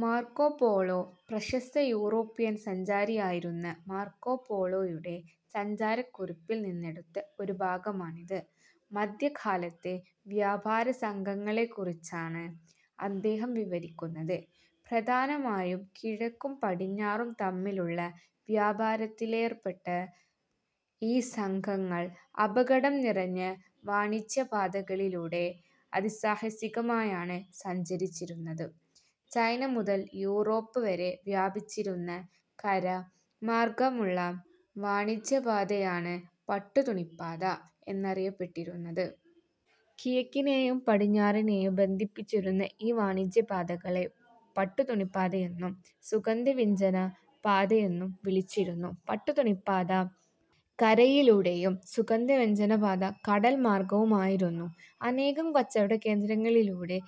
-Marco Polo. പ്രശസ്ത European സഞ്ചാരിയായിരുന്ന മാർക്കോപോളോയുടെ സഞ്ചാരക്കുറിപ്പിൽ നിന്നെടുത്ത ഒരു ഭാഗമാണിത്. മധ്യകാലത്തെ വ്യാപാരസംഘങ്ങളെക്കുറിച്ചാണ് അദ്ദേഹം വിവരിക്കുന്നത്. പ്രധാനമായും കിഴക്കും പടിഞ്ഞാറും തമ്മിലുള്ള വ്യാപാരത്തിലേർപ്പെട്ട ഈ സംഘങ്ങൾ അപകടം നിറഞ്ഞ വാണിജ്യപാതകളിലൂടെ അതിസാഹസികമായാണ് സഞ്ചരിച്ചിരുന്നത്. ചൈന മുതൽ യൂറോപ്പ് വരെ വ്യാപിച്ചിരുന്ന കര മാർഗമുള്ള വാണിജ്യ പാതയാണ് പട്ടു തുണിപ്പാത എന്നറിയപ്പെട്ടിരുന്നത്. കിഴക്കിനെയും പടിഞ്ഞാറിനെയും ബന്ധിപ്പിച്ചിരുന്ന ഈ വാണിജ്യ പാതകളെ പട്ടുതുണി പാതയെന്നും, സുഗന്ധവ്യഞ്ജന പാതയെന്നും വിളിച്ചിരുന്നു. പട്ടുതുണിപ്പാത കരയിലൂടെയും സുഗന്ധവ്യഞ്ജനപാത കടൽ മാർഗ്ഗവുമായിരുന്നു. അനേകം കച്ചവടകേന്ദ്രങ്ങളിലൂടെ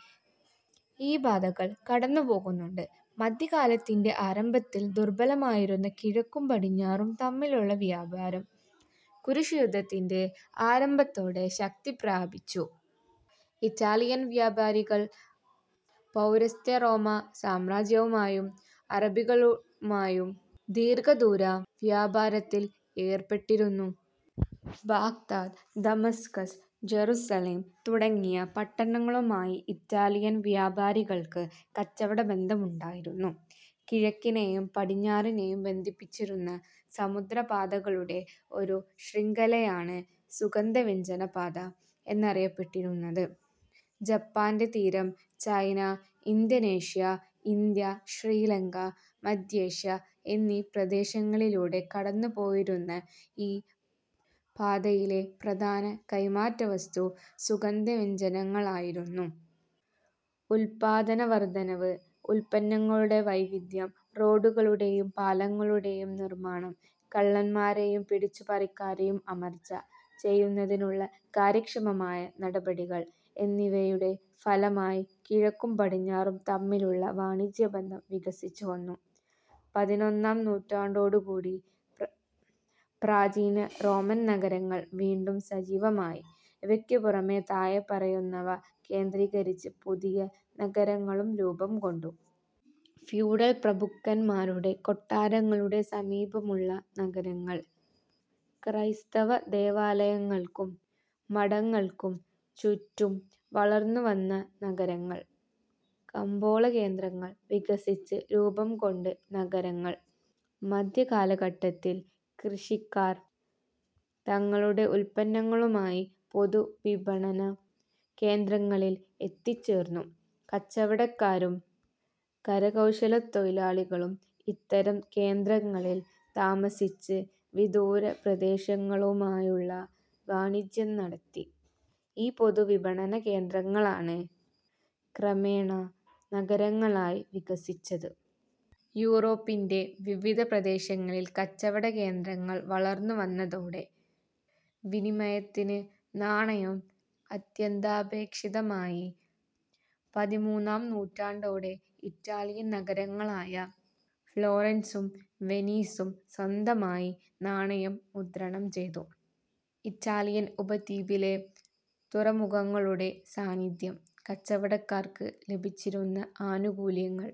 ഈ പാതകൾ കടന്നുപോകുന്നുണ്ട്. മധ്യകാലത്തിന്റെ ആരംഭത്തിൽ ദുർബലമായിരുന്ന കിഴക്കും പടിഞ്ഞാറും തമ്മിലുള്ള വ്യാപാരം കുരിശുയുദ്ധത്തിന്റെ ആരംഭത്തോടെ ശക്തി പ്രാപിച്ചു. ഇറ്റാലിയൻ വ്യാപാരികൾ പൗരസ്ത്യ റോമാ സാമ്രാജ്യവുമായും അറബികളുമായും ദീർഘദൂര വ്യാപാരത്തിൽ ഏർപ്പെട്ടിരുന്നു. ബാഗ്ദാദ്, ദമാസ്കസ്, ജറുസലേം തുടങ്ങിയ പട്ടണങ്ങളുമായി ഇറ്റാലിയൻ വ്യാപാരികൾക്ക് കച്ചവടബന്ധമുണ്ടായിരുന്നു. കിഴക്കിനെയും പടിഞ്ഞാറിനെയും ബന്ധിപ്പിച്ചിരുന്ന സമുദ്ര പാതകളുടെ ഒരു ശൃംഖലയാണ് സുഗന്ധവ്യഞ്ജനപാത എന്നറിയപ്പെട്ടിരുന്നത്. ജപ്പാന്റെ തീരം, ചൈന, ഇന്തോനേഷ്യ, ഇന്ത്യ, ശ്രീലങ്ക, മധ്യേഷ്യ എന്നീ പ്രദേശങ്ങളിലൂടെ കടന്നു പോയിരുന്ന ഈ പാതയിലെ പ്രധാന കൈമാറ്റവസ്തു സുഗന്ധവ്യഞ്ജനങ്ങളായിരുന്നു. ഉൽപാദന വർധനവ്, ഉൽപ്പന്നങ്ങളുടെ വൈവിധ്യം, റോഡുകളുടെയും പാലങ്ങളുടെയും നിർമാണം, കള്ളന്മാരെയും പിടിച്ചു പറിക്കാരെയും അമർച്ച ചെയ്യുന്നതിനുള്ള കാര്യക്ഷമമായ നടപടികൾ എന്നിവയുടെ ഫലമായി കിഴക്കും പടിഞ്ഞാറും തമ്മിലുള്ള വാണിജ്യബന്ധം വികസിച്ചുവന്നു. പതിനൊന്നാം നൂറ്റാണ്ടോടുകൂടി പ്രാചീന റോമൻനഗരങ്ങൾ വീണ്ടും സജീവമായി. ഇവക്കുപുറമെ താഴെ പറയുന്നവ കേന്ദ്രീകരിച്ച് പുതിയ നഗരങ്ങളും രൂപംകൊണ്ടു. ഫ്യൂഡൽ പ്രഭുക്കന്മാരുടെ കൊട്ടാരങ്ങളുടെ സമീപമുള്ള നഗരങ്ങൾ. ക്രൈസ്തവ ദേവാലയങ്ങൾക്കും മഠങ്ങൾക്കും ചുറ്റും വളർന്നുവന്നനഗരങ്ങൾ. കമ്പോളകേന്ദ്രങ്ങൾ വികസിച്ച് രൂപംകൊണ്ട് നഗരങ്ങൾ. മധ്യ കാലഘട്ടത്തിൽ കൃഷിക്കാർ തങ്ങളുടെ ഉൽപ്പന്നങ്ങളുമായി പൊതു വിപണന കേന്ദ്രങ്ങളിൽ എത്തിച്ചേർന്നു. കച്ചവടക്കാരും കരകൗശലത്തൊഴിലാളികളും ഇത്തരം കേന്ദ്രങ്ങളിൽ താമസിച്ച് വിദൂര പ്രദേശങ്ങളുമായുള്ള വാണിജ്യം നടത്തി. ഈ പൊതുവിപണനകേന്ദ്രങ്ങളാണ് ക്രമേണ നഗരങ്ങളായി വികസിച്ചത്. യൂറോപ്പിന്റെ വിവിധ പ്രദേശങ്ങളിൽ കച്ചവടകേന്ദ്രങ്ങൾ വളർന്നുവന്നതോടെ വിനിമയത്തിന് നാണയം അത്യന്താപേക്ഷിതമായി. പതിമൂന്നാം നൂറ്റാണ്ടോടെ ഇറ്റാലിയൻ നഗരങ്ങളായ ഫ്ളോറൻസും വെനീസും സ്വന്തമായി നാണയം മുദ്രണം ചെയ്തു. ഇറ്റാലിയൻ ഉപദ്വീപിലെ തുറമുഖങ്ങളുടെ സാന്നിധ്യം, കച്ചവടക്കാർക്ക് ലഭിച്ചിരുന്ന ആനുകൂല്യങ്ങൾ,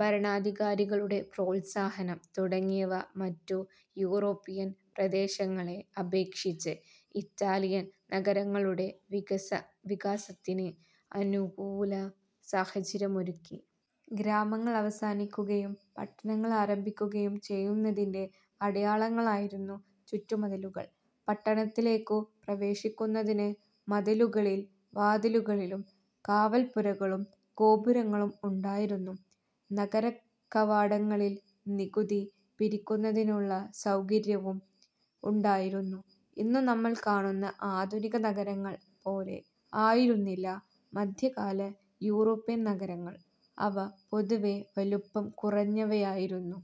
ഭരണാധികാരികളുടെ പ്രോത്സാഹനം തുടങ്ങിയവ മറ്റു യൂറോപ്യൻ പ്രദേശങ്ങളെ അപേക്ഷിച്ച് ഇറ്റാലിയൻ നഗരങ്ങളുടെ വികാസത്തിന് അനുകൂല സാഹചര്യമൊരുക്കി. ഗ്രാമങ്ങൾ അവസാനിക്കുകയും പട്ടണങ്ങൾ ആരംഭിക്കുകയും ചെയ്യുന്നതിന്റെ അടയാളങ്ങളായിരുന്നു ചുറ്റുമതിലുകൾ. പട്ടണത്തിലേക്കു പ്രവേശിക്കുന്നതിന് മതിലുകളിൽ വാതിലുകളും കാവൽപ്പുരകളും ഗോപുരങ്ങളും ഉണ്ടായിരുന്നു. നഗരകവാടങ്ങളിൽ നികുതി പിരിക്കുന്നതിനുള്ള സൗകര്യവും ഉണ്ടായിരുന്നു. ഇന്നു നമ്മൾ കാണുന്ന ആധുനിക നഗരങ്ങൾ പോലെ ആയിരുന്നില്ല മധ്യകാല യൂറോപ്യൻ നഗരങ്ങൾ. അവ പൊതുവെ വലുപ്പം കുറഞ്ഞവയായിരുന്നു.